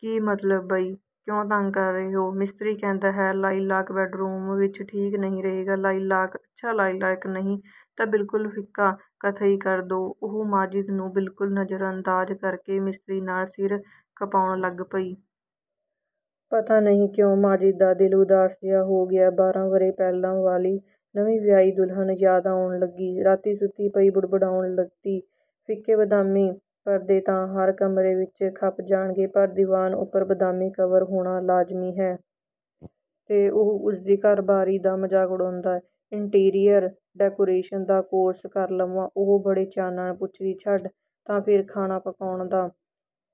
"ਕੀ ਮਤਲਬ?" "ਬਈ, ਕਿਉਂ ਤੰਗ ਕਰ ਰਹੇ ਹੋ? ਮਿਸਤਰੀ ਕਹਿੰਦਾ ਹੈ ਲਾਈਲਾਕ ਬੈੱਡ ਰੂਮ ਵਿੱਚ ਠੀਕ ਨਹੀਂ ਰਹੇਗਾ।" "ਲਾਈਲਾਕ?" "ਅੱਛਾ ਲਾਈਲਾਕ ਨਹੀਂ ਤਾਂ ਬਿਲਕੁਲ ਫਿੱਕਾ ਕਥਈ ਕਰ ਦਿਓ।" ਉਹ ਮਾਜਿਦ ਨੂੰ ਬਿਲਕੁਲ ਨਜ਼ਰਅੰਦਾਜ਼ ਕਰਕੇ ਮਿਸਤਰੀ ਨਾਲ ਸਿਰ ਖਪਾਉਣ ਲੱਗ ਪਈ। ਪਤਾ ਨਹੀਂ ਕਿਉਂ ਮਾਜਿਦ ਦਾ ਦਿਲ ਉਦਾਸ ਜਿਹਾ ਹੋ ਗਿਆ। ਬਾਰਾਂ ਵਰ੍ਹੇ ਪਹਿਲਾਂ ਵਾਲੀ ਨਵੀਂ ਵਿਆਹੀ ਦੁਲਹਨ ਯਾਦ ਆਉਣ ਲੱਗੀ। ਰਾਤੀਂ ਸੁੱਤੀ ਪਈ ਬੁੜਬੁੜਾਉਣ ਲੱਗਦੀ "ਫਿੱਕੇ ਬਦਾਮੀ ਪਰਦੇ ਤਾਂ ਹਰ ਕਮਰੇ ਵਿੱਚ ਖਪ ਜਾਣਗੇ, ਪਰ ਦੀਵਾਨ ਉੱਪਰ ਬਦਾਮੀ ਕਵਰ ਹੋਣਾ ਲਾਜ਼ਮੀ ਹੈ।" ਤੇ ਉਹ ਉਸਦੀ ਘਰਬਾਰੀ ਦਾ ਮਜ਼ਾਕ ਉਡਾਉਂਦਾ। "ਇੰਟੀਰੀਅਰ ਡੈਕੋਰੇਸ਼ਨ ਦਾ ਕੋਰਸ ਕਰ ਲਵਾਂ?" ਉਹ ਬੜੇ ਚਾਅ ਨਾਲ ਪੁੱਛਦੀ। "ਛੱਡ--" "ਤਾਂ ਫਿਰ ਖਾਣਾ ਪਕਾਉਣ ਦਾ?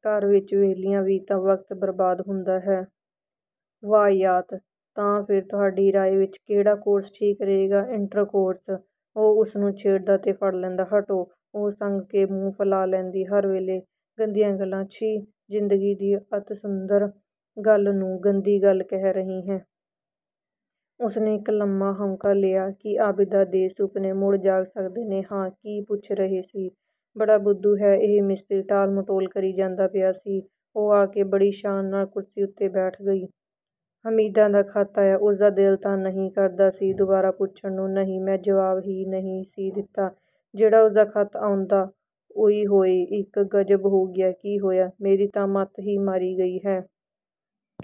ਘਰ ਵਿੱਚ ਵਿਹਲਿਆਂ ਵੀ ਤਾਂ ਵਕਤ ਬਰਬਾਦ ਹੁੰਦਾ ਹੈ।" "ਵਾਹਯਾਤ!" "ਤਾਂ ਫਿਰ ਤੁਹਾਡੀ ਰਾਏ ਵਿੱਚ ਕਿਹੜਾ ਕੋਰਸ ਠੀਕ ਰਹੇਗਾ?" "ਇੰਟਰਕੋਰਸ।" ਉਹ ਉਸਨੂੰ ਛੇੜਦਾ ਤੇ ਫੜ੍ਹ ਲੈਂਦਾ। "ਹਟੋ!" ਉਹ ਸੰਗ ਕੇ ਮੂੰਹ ਫੁਲਾ ਲੈਂਦੀ, "ਹਰ ਵੇਲੇ ਗੰਦੀਆਂ ਗੱਲਾਂ। ਛੀ--" "ਜ਼ਿੰਦਗੀ ਦੀ ਅਤਿ ਸੁੰਦਰ ਗੱਲ ਨੂੰ, ਗੰਦੀ ਗੱਲ ਕਹਿ ਰਹੀ ਹੈਂ!" ਉਸਨੇ ਇੱਕ ਲੰਮਾ ਹਾਉਕਾ ਲਿਆ। ਕੀ ਆਬਿਦਾ ਦੇ ਸੁਪਨੇ ਮੁੜ ਜਾਗ ਸਕਦੇ ਨੇ? "ਹਾਂ ਕੀ ਪੁੱਛ ਰਹੇ ਸੀ? ਬੜਾ ਬੁੱਧੂ ਹੈ ਇਹ ਮਿਸਤਰੀ। ਟਾਲ-ਮਟੋਲ ਕਰੀ ਜਾਂਦਾ ਪਿਆ ਸੀ।" ਉਹ ਆ ਕੇ ਬੜੀ ਸ਼ਾਨ ਨਾਲ ਕੁਰਸੀ ਉੱਤੇ ਬੈਠ ਗਈ। "ਹਮੀਦਾ ਦਾ ਖ਼ਤ ਆਇਆ?" ਉਸਦਾ ਦਿਲ ਤਾਂ ਨਹੀਂ ਕਰਦਾ ਸੀ ਦੁਬਾਰਾ ਪੁੱਛਣ ਨੂੰ। "ਨਹੀਂ, ਮੈਂ ਜਵਾਬ ਹੀ ਨਹੀਂ ਸੀ ਦਿੱਤਾ, ਜਿਹੜਾ ਉਸਦਾ ਖ਼ਤ ਆਉਂਦਾ। ਉਇ-ਹੋਇ-- ਇੱਕ ਗ਼ਜ਼ਬ ਹੋ ਗਿਆ!" "ਕੀ ਹੋਇਆ?" "ਮੇਰੀ ਤਾਂ ਮੱਤ ਹੀ ਮਾਰੀ ਗਈ ਹੈ।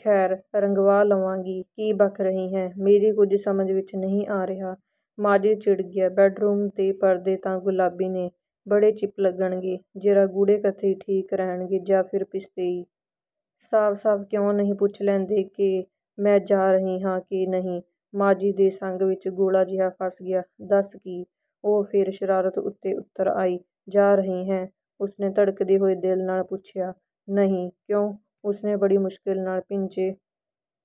ਖੈਰ, ਰੰਗਵਾ ਲਵਾਂਗੀ।" "ਕੀ ਬਕ ਰਹੀ ਹੈਂ, ਮੇਰੀ ਕੁਝ ਸਮਝ ਵਿੱਚ ਨਹੀਂ ਆ ਰਿਹਾ।" ਮਾਜਿਦ ਚਿੜ ਗਿਆ। "ਬੈੱਡ-ਰੂਮ ਦੇ ਪਰਦੇ ਤਾਂ ਗੁਲਾਬੀ ਨੇ। ਬੜੇ ਚੀਪ ਲੱਗਣਗੇ। ਜ਼ਰਾ ਗੂੜ੍ਹੇ ਕਥਈ ਠੀਕ ਰਹਿਣਗੇ ਜਾਂ ਫਿਰ ਪਿਸਤੇਈ।" "ਸਾਫ-ਸਾਫ ਕਿਉਂ ਨਹੀਂ ਪੁੱਛ ਲੈਂਦੇ ਕਿ ਮੈਂ ਜਾ ਰਹੀ ਹਾਂ ਕਿ ਨਹੀਂ?" ਮਾਜਿਦ ਦੇ ਸੰਘ ਵਿੱਚ ਗੋਲਾ ਜਿਹਾ ਫਸ ਗਿਆ। "ਦੱਸ--" "ਕੀ?" ਉਹ ਫਿਰ ਸ਼ਰਾਰਤ ਉੱਤੇ ਉਤਰ ਆਈ। "ਜਾ ਰਹੀ ਹੈਂ?" ਉਸਨੇ ਧੜਕਦੇ ਹੋਏ ਦਿਲ ਨਾਲ ਪੁੱਛਿਆ। "ਨਹੀਂ।" "ਕਿਉਂ?" ਉਸਨੇ ਬੜੀ ਮੁਸ਼ਕਲ ਨਾਲ ਭਿੰਚੇ।